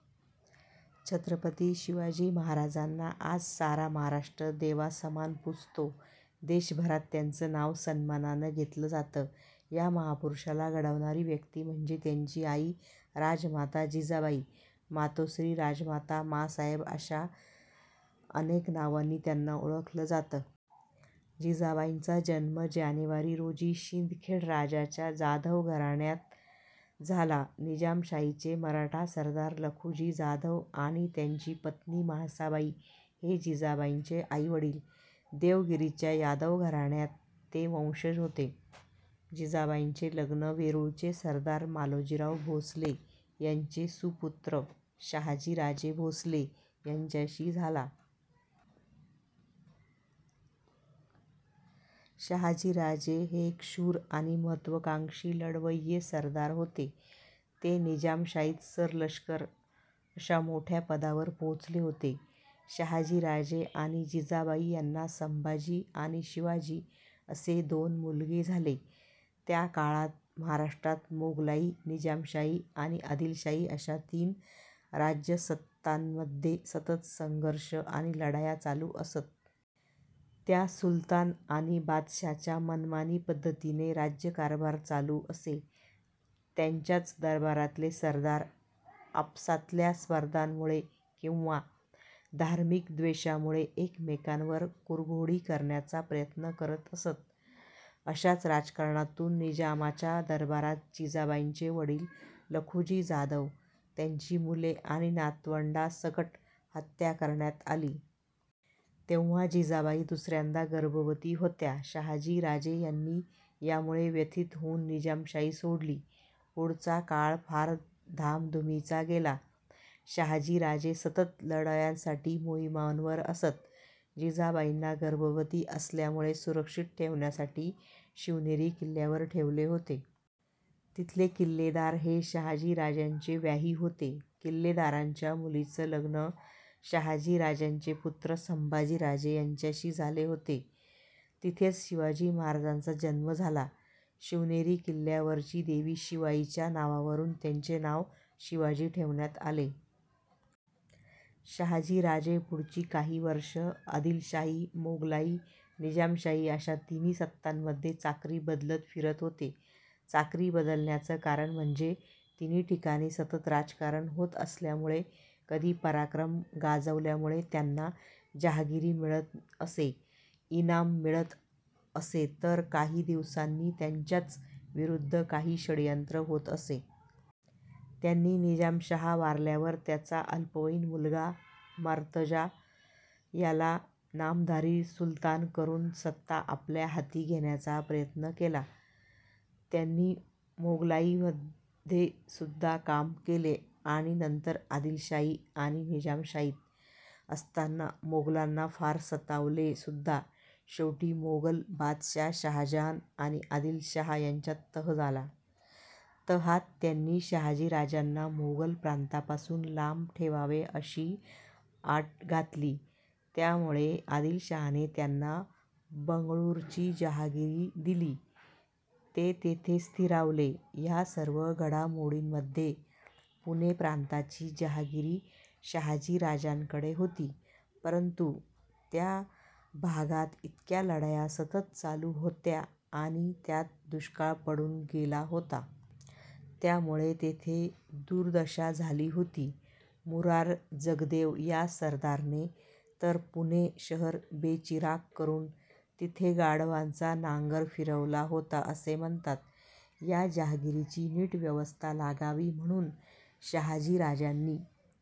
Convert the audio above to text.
छत्रपती शिवाजी महाराजांना आज सारा महाराष्ट्र देवासमान पुजतो. देशभरात त्यांचं नाव सन्मानानं घेतलं जातं. ह्या महापुरुषाला घडवणारी व्यक्ती म्हणजे त्यांची आई. राजमाता जिजाबाई. मातोश्री, राजमाता, मांसाहेब, जिजाऊ अशा अनेक नावांनी त्यांना ओळखलं जातं. जिजाबाईंचा जन्म जानेवारी रोजी सिंदखेडराजाच्या जाधव घराण्यात झाला. निजामशाहीचे मराठा सरदार लखुजी जाधव आणि त्यांची पत्नी म्हाळसाबाई हे जिजाबाईंचे आईवडील. देवगिरीच्या यादव घराण्याचे ते वंशज होते. जिजाबाईंचे लग्न वेरूळचे सरदार मालोजीराजे भोसले यांचे सुपुत्र शहाजीराजे भोसले यांच्याशी झाला. शहाजीराजे हे एक शूर आणि महत्वाकांक्षी लढवैये सरदार होते. ते निजामशाहीत सर-लष्कर अशा मोठ्या पदावर पोहोचले होते. शहाजीराजे आणि जिजाबाई यांना संभाजी आणि शिवाजी असे दोन मुलगे झाले. त्या काळात महाराष्ट्रात मोगलाई, निजामशाही आणि आदिलशाही अशा तीन राज्यसत्तांमध्ये सतत संघर्ष आणि लढाया चालु असत. त्या सुलतान आणि बादशाहांचा मनमानी पद्धतीने राज्यकारभार चालु असे. त्यांच्याच दरबारातले सरदार आपसातल्या स्पर्धेमुळे किंवा धार्मिक द्वेषामुळे एकमेकांवर कुरघोडी करायचा प्रयत्न करत असत. अशाच राजकारणातुन निजामाच्या दरबारात जिजाबाईंचे वडील लखुजी जाधव, त्यांची मुले आणि नातवंडांसकट हत्या करण्यात आली. तेव्हा जिजाबाई दुसऱ्यांदा गर्भवती होत्या. शहाजी राजे यांनी यामुळे व्यथित होऊन निजामशाही सोडली. पुढचा काळ फार धामधुमीचा गेला. शहाजी राजे सतत लढायांसाठी मोहिमांवर असत. जिजाबाईंना गर्भवती असल्यामुळे सुरक्षित ठेवण्यासाठी शिवनेरी किल्ल्यावर ठेवले होते. तिथले किल्लेदार हे शहाजी राजांचे व्याही होते. किल्लेदाराच्या मुलीचे लग्न शहाजी राजांचे पुत्र संभाजी राजे यांच्याशी झाले होते. तिथेच शिवाजी महाराजांचा जन्म झाला. शिवनेरी किल्ल्यावरची देवी शिवाईच्या नावावरून त्यांचे नाव शिवाजी ठेवण्यात आले. शहाजी राजे पुढची काही वर्षे आदिलशाही, मोगलाई, निजामशाही अशा तिन्ही सत्तांमध्ये चाकरी बदलत फिरत होते. चाकरी बदलण्याच कारण म्हणजे तिन्ही ठिकाणी सतत राजकारण होत असल्यामुळे कधी पराक्रम गाजवल्यामुळे त्यांना जहागिरी मिळत असे, इनाम मिळत असे तर काही दिवसांनी त्यांच्याच विरुद्ध काही षडयंत्र होत असे. त्यांनी निजामशहा वारल्यावर त्याचा अल्पवयीन मुलगा मुर्तझा याला नामधारी सुलतान करून सत्ता आपल्या हाती घेण्याचाही प्रयत्न केला. त्यांनी मोगलाईमध्ये सुद्धा काम केले आणि नंतर आदिलशाही आणि निजामशाहीत असताना मोगलांना फार सतावले सुद्धा शेवटी मोगल बादशाह शहाजहान आणि आदिलशाह यांच्यात तह झाला. तहात त्यांनी शहाजी राजांना मोगल प्रांतापासुन लांब ठेवावे अशी आत घातली. त्यामुळे आदिलशाहने त्यांना बंगळुरूची जहागिरी दिली. ते तिथे स्थिरावले. ह्या सर्व घडामोडींमध्ये पुणे प्रांताची जहागिरी शहाजीराजांकडे होती परंतु त्या भागात इतक्या लढाया सतत चालु होत्या आणि त्यात दुष्काळ पडून गेला होता. त्यामुळे तिथे दुर्दशा झाली होती. मुरार जगदेव या सरदाराने तर पुणे शहर बेचिराख करून तिथे गाढवाचा नांगर फिरवला होता असे म्हणतात. या जहागिरीची नीट व्यवस्था लागावी म्हणून शहाजीराजांनी